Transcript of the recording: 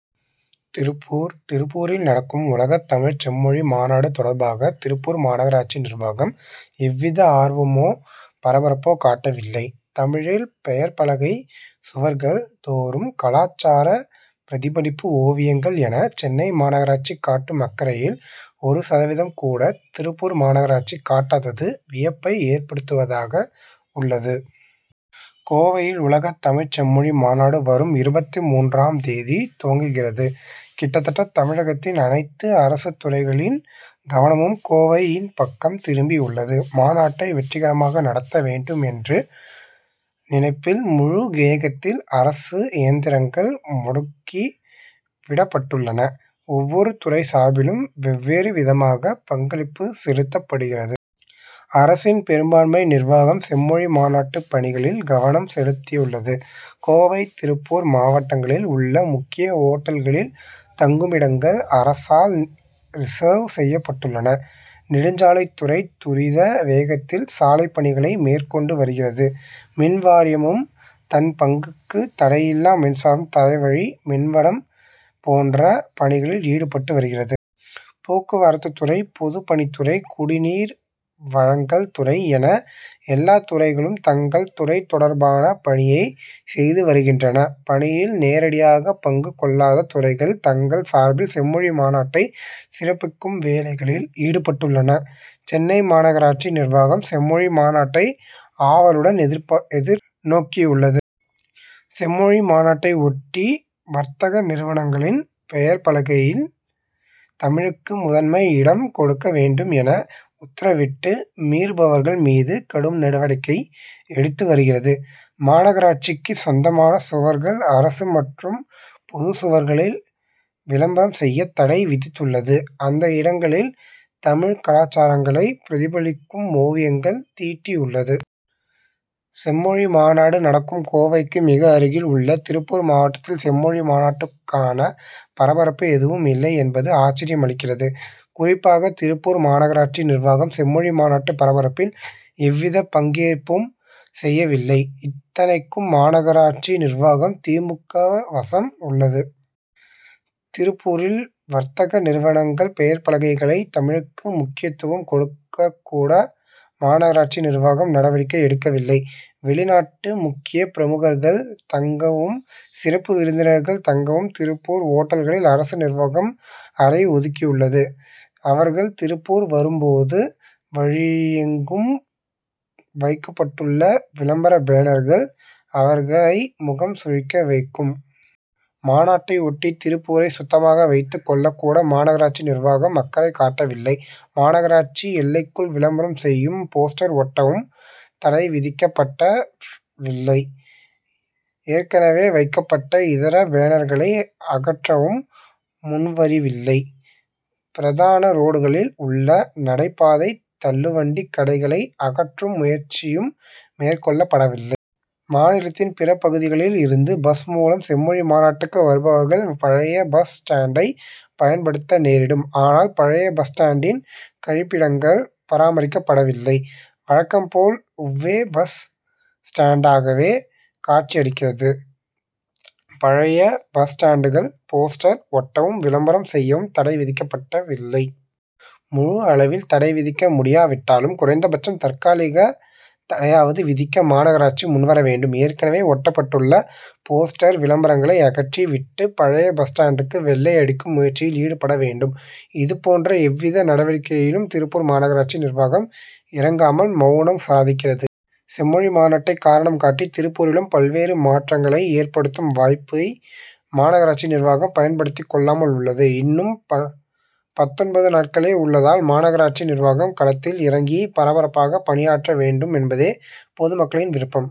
திருப்பூர் திருப்பூரில் நடக்கும் உலகத் தமிழ்ச் செம்மொழி மாநாடு தொடர்பாக திருப்பூர் மாநகராட்சி நிர்வாகம் எவ்வித ஆர்வ மோ பரபரப்போ காட்டவில்லை. தமிழில் பெயர்ப்பலகை சுவர்கள் தோறும் கலாச்சார பிரதிபலிப்பு ஓவியங்கள் என சென்னை மாநகராட்சி காட்டும் அக்கறையில் ஒரு சதவீதம் கூட திருப்பூர் மாநகராட்சி காட்டாதது வியப்பை ஏற்படுத்துவதாக உள்ளது. கோவையில் உலகத் தமிழ்ச் செம்மொழி மாநாடு வரும் இருபத்து மூன்றாம் தேதி துவங்குகிறது. கிட்டத்தட்ட தமிழகத்தின் அனைத்து அரசுத்துறைகளின் கவனமும் கோவையின் பக்கம் திரும்பி உள்ளது. மாநாட்டை வெற்றிகரமாக நடத்த வேண்டும் என்ற நினைப்பில் முழு வேகத்தில் அரசு இயந்திரங்கள் முடுக்கி விடப்பட்டுள்ளன. ஒவ்வொரு துறை சார்பிலும் வெவ்வேறு விதமாக பங்களிப்பு செலுத்தப்படுகிறது. அரசின் பெரும்பான்மை நிர்வாகம் செம்மொழி மாநாட்டு பணிகளில் கவனம் செலுத்தியுள்ளது. கோவை திருப்பூர் மாவட்டங்களில் உள்ள முக்கிய ஓட்டல்களில் தங்குமிடங்கள் அரசால் ரிசர்வ் செய்யப்பட்டுள்ளன. நெடுஞ்சாலைத்துறை துரித வேகத்தில் சாலைப்பணிகளை மேற்கொண்டு வருகிறது. மின்வாரியமும் தன் பங்குக்கு தடையில்லா மின்சாரம் தரைவழி மின்வடம் போன்ற பணிகளில் ஈடுபட்டு வருகிறது. போக்குவரத்துத்துறை பொதுப்பணித்துறை குடிநீர் வழங்கல் துறை என எல்லாத்துறைகளும் தங்கள் துறை தொடர்பான பணியை செய்து வருகின்றன. பணியில் நேரடியாக பங்கு கொள்ளாத துறைகள் தங்கள் சார்பில் செம்மொழி மாநாட்டை சிறப்பிக்கும் வேலைகளில் ஈடுபட்டுள்ளன. சென்னை மாநகராட்சி நிர்வாகம் செம் மொழி மாநாட்டை ஆவலுடன் எதிர்நோக்கியுள்ளது. செம்மொழி மாநாட்டை ஒட்டி வர்த்தக நிறுவனங்களின் பெயர்ப்பலகைகளில் தமிழுக்கு முதன்மை இடம் கொடுக்க வேண்டும் என உத்தரவிட்டு மீறுபவர்கள் மீது கடும் நடவடிக்கை எடுத்து வருகிறது. மாநகராட்சிக்கு சொந்தமான சுவர்கள் அரசு மற்றும் பொது சுவர்களில் விளம்பரம் செய்ய தடை விதித்துள்ளது. அந்த இடங்களில் தமிழ் கலாச்சாரங்களை பிரதிபலிக்கும் ஓவியங்களை தீட்டியுள்ளது. செம்மொழி மாநாடு நடக்கும் கோவைக்கு மிக அருகில் உள்ள திருப்பூர் மாவட்டத்தில் செம்மொழி மாநாட்டுக்கான பரபரப்பு எதுவும் இல்லை என்பது ஆச்சரியமளிக்கிறது. குறிப்பாக திருப்பூர் மாநகராட்சி நிர்வாகம் செம்மொழி மாநாட்டு பரபரப்பில் எவ்வித பங்கேற்பும் செய்யவில்லை. இத்தனைக்கும் மாநகராட்சி நிர்வாகம் தி. மு. க. வசம் உள்ளது. திருப்பூரில் வர்த்தக நிறுவனங்களின் பெயர்ப்பலகைகளை தமிழுக்கு முக்கியத்துவம் கொடுக்கக்கூட மாநகராட்சி நிர்வாகம் நடவடிக்கை எடுக்கவில்லை. வெளிநாட்டு முக்கியப்பிரமுகர்கள் தங்கவும் சிறப்பு விருந்தினர்கள் தங்கவும் திருப்பூர் ஓட்டல்களில் அரசு நிர்வாகம் அறை ஒதுக்கியுள்ளது. அவர்கள் திருப்பூர் வரும்போது வழியெங்கும் வைக்கப்பட்டுள்ள விளம்பர பேனர்கள் அவர்களை முகம் சுழிக்க வைக்கும். மாநாட்டை ஒட்டி திருப்பூரை சுத்தமாக வைத்துக் கொள்ளக்கூட மாநகராட்சி நிர்வாகம் அக்கறை காட்டவில்லை. மாநகராட்சி எல்லைக்குள் விளம்பரம் செய்யவும் போஸ்டர் ஒட்டவும் தடை விதிக்கப்பட வில்லை. ஏற்கனவே வைக்கப்பட்ட இதர பேனர்களை அகற்றவும் முன்வரவில்லை. பிரதான ரோடுகளில் உள்ள நடைபாதை தள்ளுவண்டி கடைகளை அகற்றும் முயற்சியும் மேற்கொள்ளப்பட வில்லை. மாநிலத்தின் பிற பகுதிகளில் இருந்து பஸ் மூலம் செம்மொழி மாநாட்டுக்கு வருபவர்கள் பழைய பஸ் ஸ்டாண்டை பயன்படுத்த நேரிடும். ஆனால் பழைய பஸ் ஸ்டாண்டின் கழிப்பிடங்கள் பராமரிக்கப்பட வில்லை. வழக்கம்போல் உவ்வே பஸ் ஸ்டாண்டாகவே காட்சியளிக்கிறது. பழைய பஸ் ஸ்டாண்டுக்குள் போஸ்டர் ஒட்டவும் விளம்பரம் செய்யவும் தடை விதிக்கப்பட வில்லை. முழு அளவில் தடை விதிக்க முடியாவிட்டாலும் குறைந்தபட்சம் தற்காலிக தடையாவது விதிக்க மாநகராட்சி முன்வர வேண்டும். ஏற்கனவே ஒட்டப்பட்டுள்ள போஸ்டர் விளம்பரங்களை அகற்றி விட்டு பழைய பஸ் ஸ்டாண்டுக்கு வெள்ளை அடிக்கும் முயற்சியில் ஈடுபட வேண்டும். இதுபோன்ற எவ்வித நடவடிக்கையிலும் திருப்பூர் மாநகராட்சி நிர்வாகம் இறங்காமல் மவுனம் சாதிக்கிறது. செம்மொழி மாநாட்டை காரணம் காட்டி திருப்பூரிலும் பல்வேறு மாற்றங்களை ஏற்படுத்தும் வாய்ப்பை மாநகராட்சி நிர்வாகம் பயன்படுத்திக் கொள்ளாமல் உள்ளது. இன்னும் பத்தொன்பது நாட்களே உள்ளதால் மாநகராட்சி நிர்வாகம் களத்தில் இறங்கி பரபரப்பாக பணியாற்ற வேண்டுமென்பதே பொதுமக்களின் விருப்பம்.